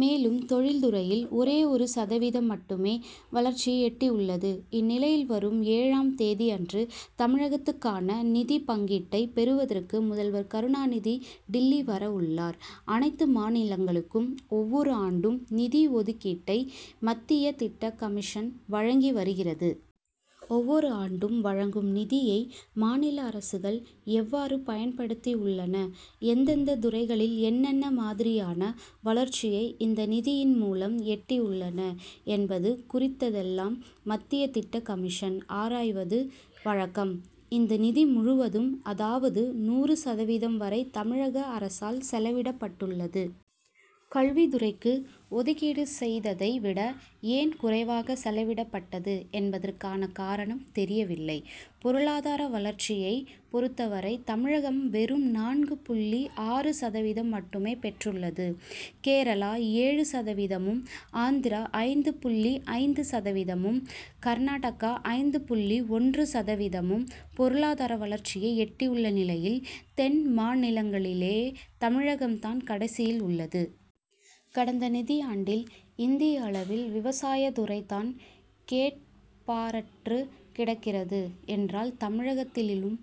மேலும் தொழில் துறையில் ஒரே ஒரு சதவீதம் மட்டுமே வளர்ச்சியை எட்டியுள்ளது. இந்நிலையில் வரும் ஏழாம் ஆம் தேதியன்று தமிழகத்துக்கான நிதி பங்கீட்டை பெறுவதற்கு முதல்வர் கருணாநிதி டில்லி வரவுள்ளார். அனைத்து மாநிலங்களுக்கும் ஒவ்வொரு ஆண்டும் நிதி ஒதுக் கீட்டை மத்திய திட்டக்கமிஷன் வழங்கி வருகிறது. ஒவ்வொரு ஆண்டும் வழங்கும் நிதியை மாநில அரசுகள் எவ்வாறு பயன்படுத்தியுள்ளன எந்தெந்த துறைகளில் என்னென்ன மாதிரியான வளர்ச்சியை இந்த நிதியின் மூலம் எட்டியுள்ளன என்பது குறித்தெல்லாம் மத்திய திட்டக்கமிஷன் ஆராய்வது வழக்கம். இந்த நிதி முழுவதும் அதாவது நூறு சதவீதம் வரை தமிழக அரசால் செலவிடப் பட்டுள்ளது. கல்வித் துறைக்கு ஒதுக்கீடு செய்ததை விட ஏன் குறைவாக செலவிடப்பட்டது என்பதற்கான காரணம் தெரியவில்லை. பொருளதார வளர்ச்சியைப் பொறுத்தவரை தமிழகம் வெறும் நான்கு புள்ளி ஆறு சதவீதம் மட்டுமே பெற்றுள்ளது. கேரளா ஏழு சதவீதமும், ஆந்திரா ஐந்து புள்ளி ஐந்து சதவீதமும் கர்நாடகா ஐந்து புள்ளி ஒன்று சதவீதமும் பொருளாதார வளர்ச்சியை எட்டியுள்ள நிலையில் தென்மாநிலங்களிலேயே தமிழகம் தான் கடைசியில் உள்ளது. கடந்த நிதியாண்டில் இந்திய அளவில் விவசாயத்துறை தான் கேட்பாரற்று கிடக்கிறது என்றால் தமிழகத்திலும்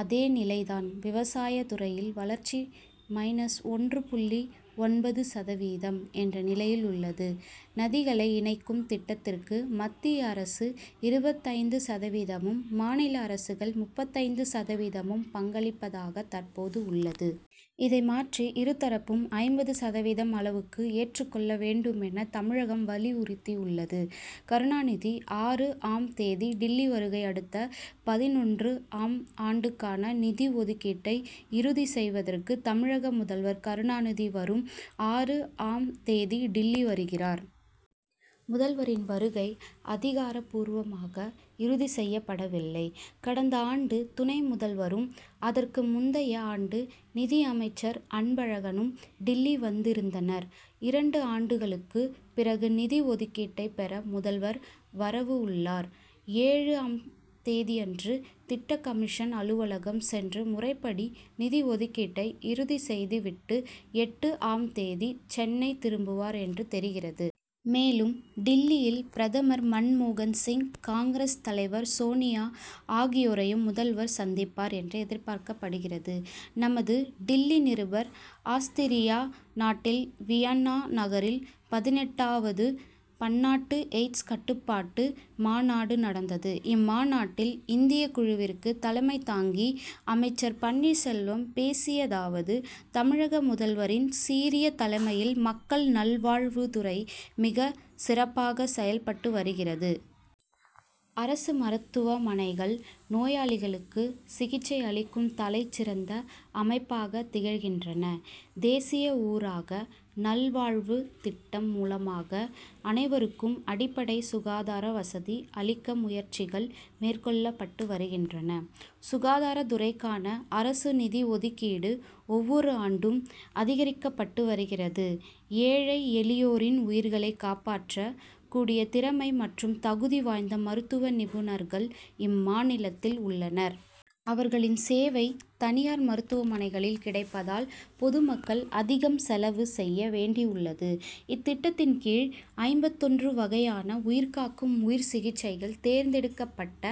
அதே நிலை தான். விவசாயத் துறையில் வளர்ச்சி மைனஸ் ஒன்று புள்ளி ஒன்பது சதவீதம் என்ற நிலையில் உள்ளது. நதிகளை இணைக்கும் திட்டத்திற்கு மத்திய அரசு இருபத்தைந்து சதவீதமும் மாநில அரசுகள் முப்பத்தைந்து சதவீதமும் பங்களிப்பதாக தற்போது உள்ளது. இதை மாற்றி இரு தரப்பும் ஐம்பது சதவீதம் அளவுக்கு ஏற்றுக்கொள்ள வேண்டுமென தமிழகம் வலியுறுத்தியுள்ளது. கருணாநிதி ஆறு ஆம் தேதி டில்லி வருகை அடுத்த பதினொன்று ஆம் ஆண்டுக்கான நிதி ஒதுக்கீட்டை இறுதி செய்வதற்கு தமிழக முதல்வர் கருணாநிதி வரும் ஆறு ஆம் தேதி டில்லி வருகிறார். முதல்வரின் வருகை அதிகாரப்பூர்மாக இறுதி செய்யப்படவில்லை. கடந்த ஆண்டு துணை முதல்வரும் அதற்கு முந்தைய ஆண்டு நிதி அமைச்சர் அன்பழகனும் டில்லி வந்திருந்தனர். இரண்டு ஆண்டுகளுக்கு பிறகு நிதி ஒதுக்கீட்டை பெற முதல்வர் வரவுஉள்ளார். ஏழு ஆம் தேதியன்று திட்டக்கமிஷன் அலுவலகம் சென்று முறைப்படி நிதி ஒதுக்கீட்டை இறுதி செய்துவிட்டு எட்டு ஆம் தேதி சென்னை திரும்புவார் என்று தெரிகிறது. மேலும் டில்லியில் பிரதமர் மன்மோகன் சிங் காங்கிரஸ் தலைவர் சோனியா ஆகியோரையும் முதல்வர் சந்திப்பார் என்று எதிர்பார்க்கப்படுகிறது. -நமது டில்லி நிருபர்- ஆஸ்திரியா நாட்டில் வியன்னா நகரில் பதினெட்டு ஆவது பன்னாட்டு எய்ட்ஸ் கட்டுப்பாட்டு மாநாடு நடந்தது. இம்மாநாட்டில் இந்திய குழுவிற்கு தலைமை தாங்கி அமைச்சர் பன்னீர்செல்வம் பேசியதாவது தமிழக முதல்வரின் சீரிய தலைமையில் மக்கள் நல்வாழ் வுத்துறை மிகச் சிறப்பாக செயல் பட்டு வருகிறது. அரசு மருத்துவமனைகள் நோயாளிகளுக்கு சிகிச்சை அளிக்கும் தலை சிறந்த அமைப்பாக திகழ்கின்றன. தேசிய ஊராக நல்வாழ்வுத் திட்டம் மூலமாக அனைவருக்கும் அடிப்படை சுகாதார வசதி அளிக்க முயற்சிகள் மேற்கொள்ளப்பட்டு வருகின்றன. சுகாதாரத் துறைக்கான அரசு நிதி ஒதுக்கீடு ஒவ்வொரு ஆண்டும் அதிகரிக்கப்பட்டு வருகிறது. ஏழை எளியோரின் உயிர்களை காப்பாற்றக் கூடிய திறமை மற்றும் தகுதி வாய்ந்த மருத்துவ நிபுணர்கள் இம் மாநிலத்தில் உள்ளனர். அவர்களின் சேவை தனியார் மருத்துவமனைகளில் கிடைப்பதால் பொது மக்கள் அதிகம் செலவு செய்ய வேண்டியுள்ளது. இத்திட்டத்தின் கீழ் ஐம்பத்தொன்று வகையான உயிர்காக்கும் உயர் சிகிச்சைகள் தேர்ந்தெடுக்கப் பட்ட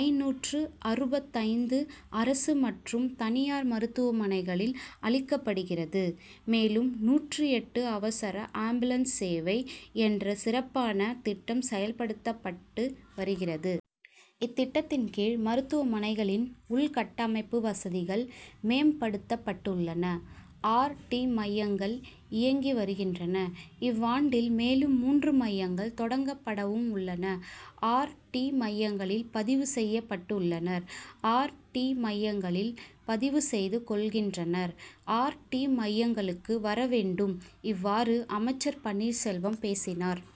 ஐநூற்று அறுபத்தைந்து அரசு மற்றும் தனியார் மருத்துவமனைகளில் அளிக்கப்படுகிறது. மேலும் நூற்று எட்டு அவசர ஆம்புலன்ஸ் சேவை என்ற சிறப்பான திட்டம் செயல்படுத்தப்பட்டு வருகிறது. இத்திட்டத்தின் கீழ் மருத்துவமனைகளின் உள்கட்டமைப்பு வசதிகள் மேம்படுத்தப் பட்டுள்ளன. ஆர். டி. மையங்கள் இயங்கி வருகின்றன. இவ்வாண்டில் மேலும் மூன்று மையங்கள் தொடங்கப்படவும் உள்ளன. ஆர். டி.மையங்களில் பதிவு செய்யப்பட்டுள்ளனர். ஆர். டி. மையங்களில் பதிவு செய்து கொள்கின்றனர். ஆர். டி. மையங்களுக்கு வரவேண்டும். இவ்வாறு அமைச்சர் பன்னீர் செல்வம் பேசினார்.